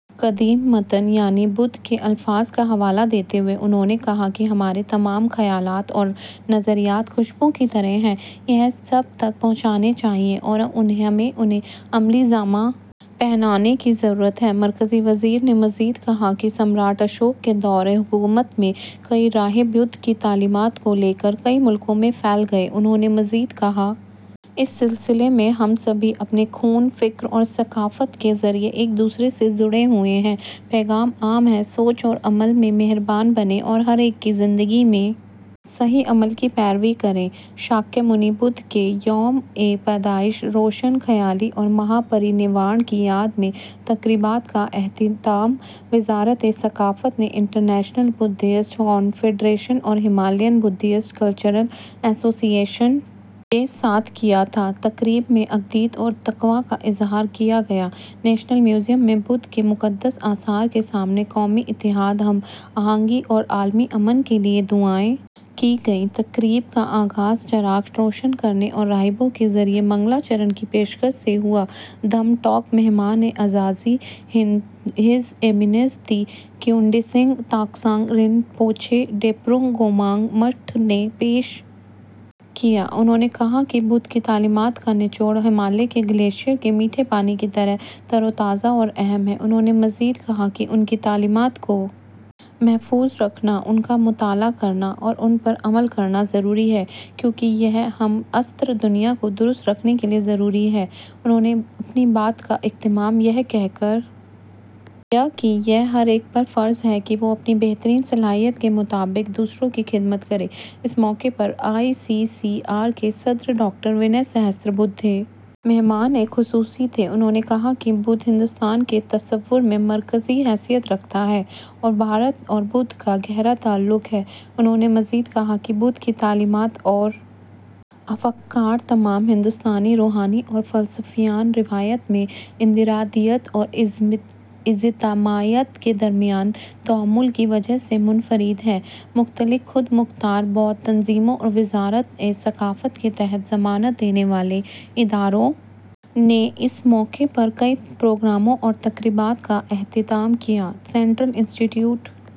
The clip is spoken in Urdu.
قدیم متن یعنی بدھ کے الفاظ کا حوالہ دیتے ہوئے انہوں نے کہا کہ ہمارے تمام خیالات اور نظریات خوشبو کی طرح ہیں یہ سب تک پہنچنے چاہئیں اور ہمیں انہیں عملی جامہ پہنانے کی ضرورت ہے مرکزی وزیر نے مزید کہا کہ سمراٹ اشوک کے دور حکومت میں کئی راہب بدھ کی تعلیمات کو لے کر کئی ممالک میں پھیل گئے انہوں نے مزید کہا اس سلسلے میں ہم سبھی اپنے خون فکر اور ثقافت کے ذریعہ ایک دوسرے سے جڑے ہوئے ہیں پیغام عام ہے سوچ اور عمل میں مہربان بنیں اور ہر ایک کی زندگی میں صحیح عمل کی پیروی کریں شاکیمونی بدھ کے یوم پیدائش روشن خیالی اور مہاپری نروانا کی یاد میں تقریبات کا اہتمام وزارت ثقافت نے بین الاقوامی بدھسٹ کنفیڈریشن اور ہمالیائی بدھسٹ کلچرل ایسوسی ایشن کے ساتھ کیا تھا تقریب میں عقیدت اور تقویٰ کا اظہار کیا گیا نیشنل میوزیم میں بدھا کے مقدس آثار کے سامنے قومی اتحاد ہم آہنگی اور عالمی امن کے لیے دعائیں کی گئیں تقریب کا آغاز چراغ روشن کرنے اور راہبوں کے ذریعہ منگلاچرن کی پیشکش سے ہوا دھما ٹاک مہمان اعزازی His Eminence the Kundeling Taktsak Choktrul Rinpoche Drepung Gomang خانقاہ نے پیش کیا انہوں نے کہا کہ بدھ کی تعلیمات کا نچوڑ ہمالیہ کے گلیشیئر کے میٹھے پانی کی طرح تر و تازہ اور اہم ہے انہوں نے مزید کہا کہ ان کی تعلیمات کو محفوظ رکھنا ان کا مطالعہ کرنا اور ان پر عمل کرنا ضروری ہے کیونکہ یہ ہم عصر دنیا کو درست رکھنے کے لیے ضروری ہے انہوں نے اپنی بات کا اختتام یہ کہہ کر کیا کہ یہ ہر ایک پر فرض ہے کہ وہ اپنی بہترین صلاحیت کے مطابق دوسروں کی خدمت کرے اس موقع پر آئی سی سی آر کے صدر ڈاکٹر ونے سہسرا بدھے مہمان خصوصی تھے انہوں نے کہا کہ بدھ ہندوستان کے تصور میں مرکزی حیثیت رکھتا ہے اور بھارت اور بدھ کا گہرا تعلق ہے انہوں نے مزید کہا کہ بدھ کی تعلیمات اور افکار تمام ہندوستانی روحانی اور فلسفیانہ روایات میں انفرادیت اور اجتماعیت کے درمیان تعامل کی وجہ سے منفرد ہیں مختلف خود مختار بدھ تنظیموں اور وزارت ثقافت کے تحت ضمانت دینے والے اداروں نے اس موقع پر کئی پروگراموں اور تقریبات کا اہتمام کیا سینٹرل انسٹی ٹیوٹ